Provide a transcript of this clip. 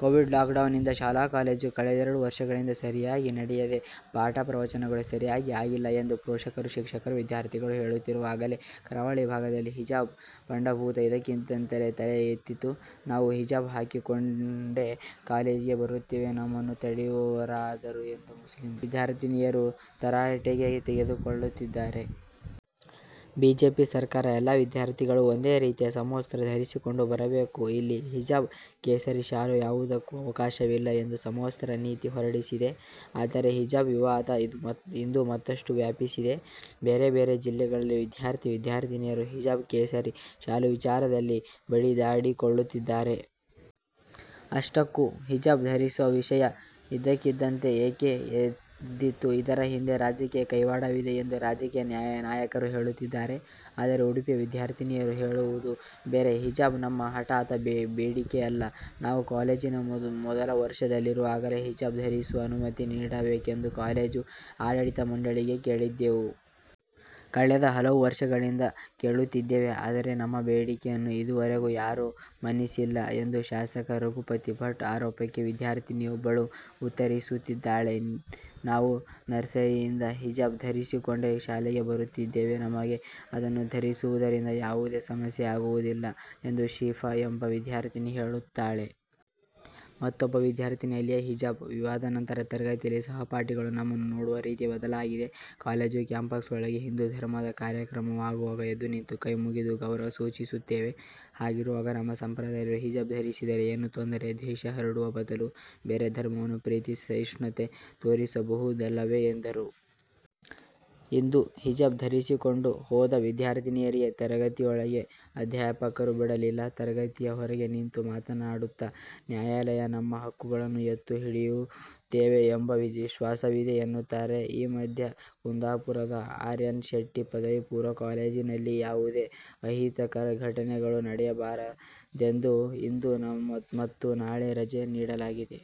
Covid lockdown ನಿಂದ ಶಾಲಾ-ಕಾಲೇಜು ಕಳೆದೆರಡು ವರ್ಷಗಳಿಂದ ಸರಿಯಾಗಿ ನಡೆಯದೆ ಪಾಠ-ಪ್ರವಚನಗಳು ಸರಿಯಾಗಿ ಆಗಿಲ್ಲ ಎಂದು ಪೋಷಕರು, ಶಿಕ್ಷಕರು, ವಿದ್ಯಾರ್ಥಿಗಳು ಹೇಳುತ್ತಿರುವಾಗಲೇ ಕರಾವಳಿ ಭಾಗದಲ್ಲಿ ಹಿಜಾಬ್ ಪಡಂಭೂತ ಇದ್ದಕ್ಕಿದ್ದಂತೆ ತಲೆಯೆದ್ದಿತು. ನಾವು ಹಿಜಾಬ್ ಹಾಕಿಕೊಂಡೇ ಕಾಲೇಜಿಗೆ ಬರುತ್ತೇವೆ, ನಮ್ಮನ್ನು ತಡೆಯುವವರಾರು ಎಂದು ಮುಸ್ಲಿಂ ವಿದ್ಯಾರ್ಥಿನಿಯರು ತರಾಟೆಗೆ ತೆಗೆದುಕೊಳ್ಳುತ್ತಿದ್ದಾರೆ. ಬಿಜೆಪಿ ಸರ್ಕಾರ ಎಲ್ಲಾ ವಿದ್ಯಾರ್ಥಿಗಳು ಒಂದೇ ರೀತಿಯ ಸಮವಸ್ತ್ರ ಧರಿಸಿಕೊಂಡು ಬರಬೇಕು, ಇಲ್ಲಿ ಹಿಜಾಬ್, ಕೇಸರಿ ಶಾಲು ಯಾವುದಕ್ಕೂ ಅವಕಾಶವಿಲ್ಲ ಎಂದು ಸಮವಸ್ತ್ರ ನೀತಿ ಹೊರಡಿಸಿದೆ. ಆದರೆ ಹಿಜಾಬ್ ವಿವಾದ ಇಂದು ಮತ್ತಷ್ಟು ವ್ಯಾಪಿಸಿದೆ. ಬೇರೆ ಬೇರೆ ಜಿಲ್ಲೆಗಳಲ್ಲಿ ವಿದ್ಯಾರ್ಥಿ-ವಿದ್ಯಾರ್ಥಿನಿಯರು ಹಿಜಾಬ್ / ಕೇಸರಿ ಶಾಲು ವಿಚಾರದಲ್ಲಿ ಬಡಿದಾಡಿಕೊಳ್ಳುತ್ತಿದ್ದಾರೆ. ಅಷ್ಟಕ್ಕೂ ಹಿಜಾಬ್ ಧರಿಸುವ ವಿಷಯ ಇದ್ದಕ್ಕಿದ್ದಂತೆ ಏಕೆ ಎದ್ದಿತು, ಇದರ ಹಿಂದೆ ರಾಜಕೀಯ ಕೈವಾಡವಿದೆ ಎಂದು ರಾಜಕೀಯ ನಾಯಕರು ಹೇಳುತ್ತಿದ್ದಾರೆ. ಆದರೆ ಉಡುಪಿಯ ವಿದ್ಯಾರ್ಥಿನಿಯರು ಹೇಳುವುದು ಬೇರೆ. ಹಿಜಾಬ್ ನಮ್ಮ ಹಠಾತ್ ಬೇಡಿಕೆಯಲ್ಲ, ನಾವು ಕಾಲೇಜಿನ ಮೊದಲ ವರ್ಷದಲ್ಲಿರುವಾಗಲೇ ಹಿಜಾಬ್ ಧರಿಸಲು ಅನುಮತಿ ನೀಡಬೇಕೆಂದು ಕಾಲೇಜು ಆಡಳಿತ ಮಂಡಳಿಗೆ ಕೇಳಿದ್ದೆವು. ಕಳೆದ ಹಲವು ವರ್ಷಗಳಿಂದ ಕೇಳುತ್ತಿದ್ದೇವೆ. ಆದರೆ ನಮ್ಮ ಬೇಡಿಕೆಯನ್ನು ಇದುವರೆಗೆ ಯಾರೂ ಮನ್ನಿಸಿಲ್ಲ ಎಂದು ಶಾಸಕ ರಘುಪತಿ ಭಟ್ ಆರೋಪಕ್ಕೆ ವಿದ್ಯಾರ್ಥಿನಿಯೊಬ್ಬಳು ಉತ್ತರಿಸುತ್ತಾಳೆ. ನಾವು ನರ್ಸರಿಯಿಂದ ಹಿಜಾಬ್ ಧರಿಸಿಕೊಂಡೇ ಶಾಲೆಗೆ ಬರುತ್ತಿದ್ದೇವೆ. ನಮಗೆ ಅದನ್ನು ಧರಿಸುವುದರಿಂದ ಯಾವುದೇ ಸಮಸ್ಯೆಯಾಗುವುದಿಲ್ಲ ಎಂದು ಶಿಫಾ ಎಂಬ ವಿದ್ಯಾರ್ಥಿನಿ ಹೇಳುತ್ತಾಳೆ. ಮತ್ತೊಬ್ಬ ವಿದ್ಯಾರ್ಥಿನಿ ಅಲಿಯಾ, ಹಿಜಾಬ್ ವಿವಾದ ನಂತರ ತರಗತಿಯಲ್ಲಿ ಸಹಪಾಠಿಗಳು ನಮ್ಮನ್ನು ನೋಡುವ ರೀತಿಯೇ ಬದಲಾಗಿದೆ. ಕಾಲೇಜು ಕ್ಯಾಂಪಸ್ ಒಳಗೆ ಹಿಂದೂ ಧರ್ಮದ ಕಾರ್ಯಕ್ರಮವಾಗುವಾಗ ಎದ್ದುನಿಂತು ಕೈ ಮುಗಿದು ಗೌರವ ಸೂಚಿಸುತ್ತೇವೆ. ಹಾಗಿರುವಾಗ ನಮ್ಮ ಸಂಪ್ರದಾಯದಲ್ಲಿರುವ ಹಿಜಾಬ್ ಧರಿಸಿದರೆ ಏನು ತೊಂದರೆ, ದ್ವೇಷ ಹರಡುವ ಬದಲು ಬೇರೆ ಧರ್ಮವನ್ನು ಪ್ರೀತಿಸಿ ಸಹಿಷ್ಣುತೆ ತೋರಿಸಬಹುದಲ್ಲವೇ ಎಂದರು. ಇಂದು ಹಿಜಾಬ್ ಧರಿಸಿಕೊಂಡು ಹೋದ ವಿದ್ಯಾರ್ಥಿನಿಯರಿಗೆ ತರಗತಿಯೊಳಗೆ ಅಧ್ಯಾಪಕರು ಬಿಡಲಿಲ್ಲ. ತರಗತಿಯ ಹೊರಗೆ ನಿಂತು ಮಾತನಾಡುತ್ತಾ, ನ್ಯಾಯಾಲಯ ನಮ್ಮ ಹಕ್ಕುಗಳನ್ನು ಎತ್ತು ಹಿಡಿಯುತ್ತದೆ ಎಂಬ ವಿಶ್ವಾಸವಿದೆ ಎನ್ನುತ್ತಾರೆ. ಈ ಮಧ್ಯೆ, ಕುಂದಾಪುರದ ಆರ್ ಎನ್ ಶೆಟ್ಟಿ ಪದವಿ ಪೂರ್ವ ಕಾಲೇಜಿನಲ್ಲಿ ಯಾವುದೇ ಅಹಿತಕರ ಘಟನೆಗಳು ನಡೆಯಬಾರದೆಂದು ಇಂದು ಮತ್ತು ನಾಳೆ ರಜೆ ನೀಡಲಾಗಿದೆ.